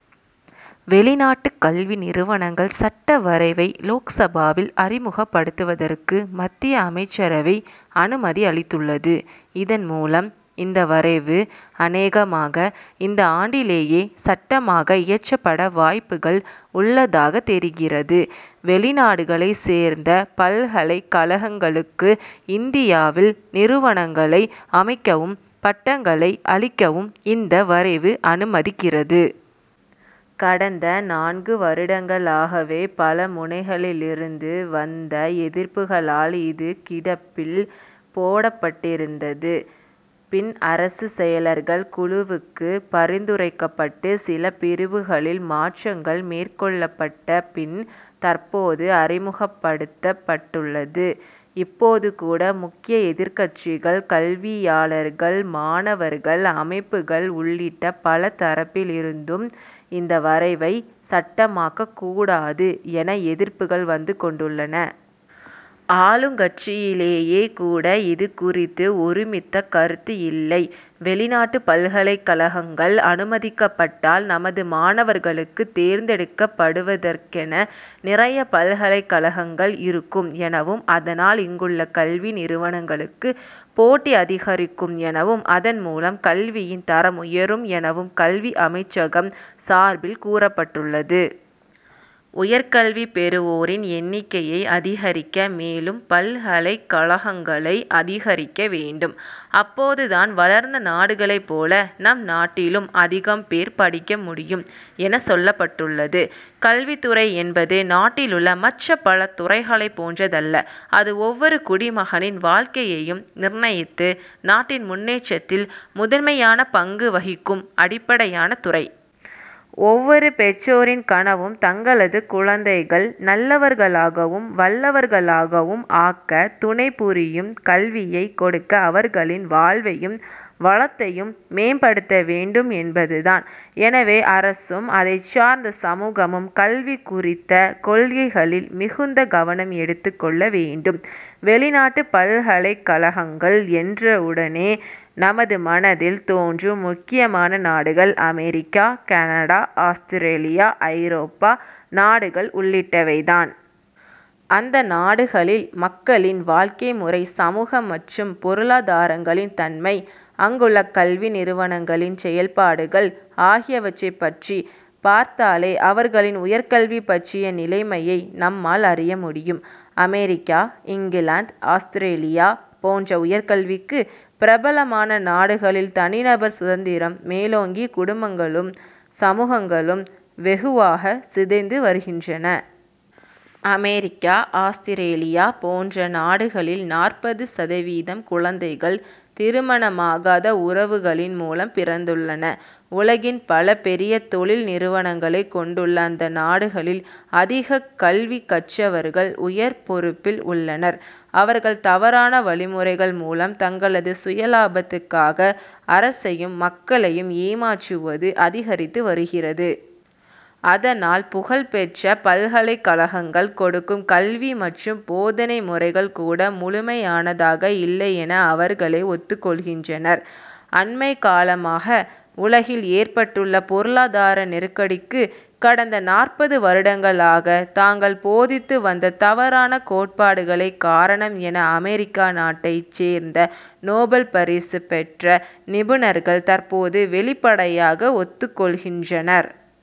வெளிநாட்டுக் கல்வி நிறுவனங்கள் சட்ட வரைவை லோக்சபாவில் அறிமுகப்படுத்துவதற்கு மத்திய அமைச்சரவை அனுமதி அளித்துள்ளது. இதன் மூலம் இந்த வரைவு அனேகமாக இந்த ஆண்டிலேயே சட்டமாக இயற்றப்பட வாய்ப்புகள் உள்ளதாக தெரிகிறது. வெளிநாடுகளைச் சேர்ந்த பல்கலைக் கழகங்களுக்கு, இந்தியாவில் நிறுவனங்களை அமைக்கவும், பட்டங்களை அளிக்கவும் இந்த வரைவு அனுமதிக்கிறது. கடந்த நான்கு வருடங்களாகவே, பல முனைகளிலிருந்து வந்த எதிர்ப்புகளால் இது கிடப்பில் போடப்பட்டிருந்தது. பின் அரசு செயலர்கள் குழுவுக்கு பரிந்துரைக்கப்பட்டு சில பிரிவுகளில் மாற்றங்கள் மேற்கொள்ளப்பட்ட பின், தற்போது அறிமுகப்படுத்தப் பட்டுள்ளது. இப்போது கூட, முக்கிய எதிர்கட்சிகள், கல்வியாளர்கள், மாணவர்கள் அமைப்புகள் உள்ளிட்ட பல தரப்பிலிருந்தும் இந்த வரைவை சட்டமாக்கக் கூடாது என எதிர்ப்புகள் வந்து கொண்டுள்ளன. ஆளுங்கட்சியிலேயே கூட இது குறித்து ஒருமித்த கருத்து இல்லை. வெளிநாட்டுப் பல்கலைக்கழகங்கள் அனுமதிக்கப்பட்டால் நமது மாணவர்களுக்கு தேர்ந்தெடுக்கப் படுவதற்கென நிறைய பல்கலைக்கழகங்கள் இருக்கும் எனவும் அதனால் இங்குள்ள கல்வி நிறுவனங்களுக்கு, போட்டி அதிகரிக்கும் எனவும் அதன் மூலம் கல்வியின் தரம் உயரும் எனவும் கல்வி அமைச்சகம் சார்பில் கூறப்பட்டுள்ளது. உயர் கல்வி பெறுவோரின் எண்ணிக்கையை அதிகரிக்க மேலும் பல்கலைக்கழகங்களை அதிகரிக்க வேண்டும். அப்போது தான் வளர்ந்த நாடுகளைப் போல, நம் நாட்டிலும் அதிகம் பேர் படிக்க முடியும் என சொல்லப்பட்டுள்ளது. கல்வித்துறை என்பது நாட்டிலுள்ள மற்ற பல துறைகளைப் போன்றதல்ல. அது ஒவ்வொரு குடிமகனின் வாழ்க்கையையும் நிர்ணயித்து நாட்டின் முன்னேற்றத்தில் முதன்மையான பங்கு வகிக்கும் அடிப்படையான துறை. ஒவ்வொரு பெற்றோரின் கனவும், தங்களது குழந்தைகள் நல்லவர்களாகவும் வல்லவர்களாகவும் ஆக்க துணைபுரியும் கல்வியை கொடுத்து அவர்களின் வாழ்வையும் வளத்தையும் மேம்படுத்த வேண்டும் என்பதுதான். எனவே அரசும் அதைச்சார்ந்த சமூகமும், கல்வி குறித்த கொள்கைகளில் மிகுந்த கவனம் எடுத்துக் கொள்ள வேண்டும். வெளிநாட்டுப் பல்கலைக்கழகங்கள் என்றவுடனே நமது மனதில் தோன்றும் முக்கியமான நாடுகள் அமெரிக்கா, கனடா, ஆஸ்திரேலியா, ஐரோப்பா நாடுகள் உள்ளிட்டவைதான். அந்த நாடுகளில் மக்களின் வாழ்க்கை முறை, சமூக மற்றும் பொருளாதாரங்களின் தன்மை, அங்குள்ள கல்வி நிறுவனங்களின் செயல்பாடுகள் ஆகியவற்றை பற்றி பார்த்தாலே அவர்களின் உயர்கல்வி பற்றிய நிலைமையை நம்மால் அறிய முடியும். அமெரிக்கா, இங்கிலாந்து, ஆஸ்திரேலியா போன்ற உயர்கல்விக்கு பிரபலமான நாடுகளில் தனிநபர் சுதந்திரம் மேலோங்கி குடும்பங்களும், சமூகங்களும் வெகுவாக சிதைந்து வருகின்றன. அமெரிக்கா, ஆஸ்திரேலியா போன்ற நாடுகளில் நாற்பது சதவீதம் குழந்தைகள், திருமணமாகாத உறவுகளின் மூலம் பிறந்துள்ளன. உலகின் பல பெரிய தொழில் நிறுவனங்களைக் கொண்டுள்ள அந்த நாடுகளில் அதிக கல்வி கற்றவர்கள் உயர் பொறுப்பில் உள்ளனர். அவர்கள் தவறான வழிமுறைகள் மூலம் தங்களது சுயலாபத்துக்காக அரசையும், மக்களையும் ஏமாற்றுவது அதிகரித்து வருகிறது. அதனால் புகழ்பெற்ற பல்கலைக்கழகங்கள் கொடுக்கும் கல்வி மற்றும் போதனை முறைகள் கூட முழுமையானதாக இல்லையென அவர்களே ஒத்துக் கொள்கின்றனர். அண்மைக்காலமாக உலகில் ஏற்பட்டுள்ள பொருளாதார நெருக்கடிக்கு கடந்த நாற்பது வருடங்களாகத் தாங்கள் போதித்து வந்த தவறான கோட்பாடுகளே காரணம் என அமெரிக்கா நாட்டைச் சேர்ந்த நோபல் பரிசு பெற்ற, நிபுணர்கள் தற்போது வெளிப்படையாக ஒத்துக்கொள்கின்றனர்.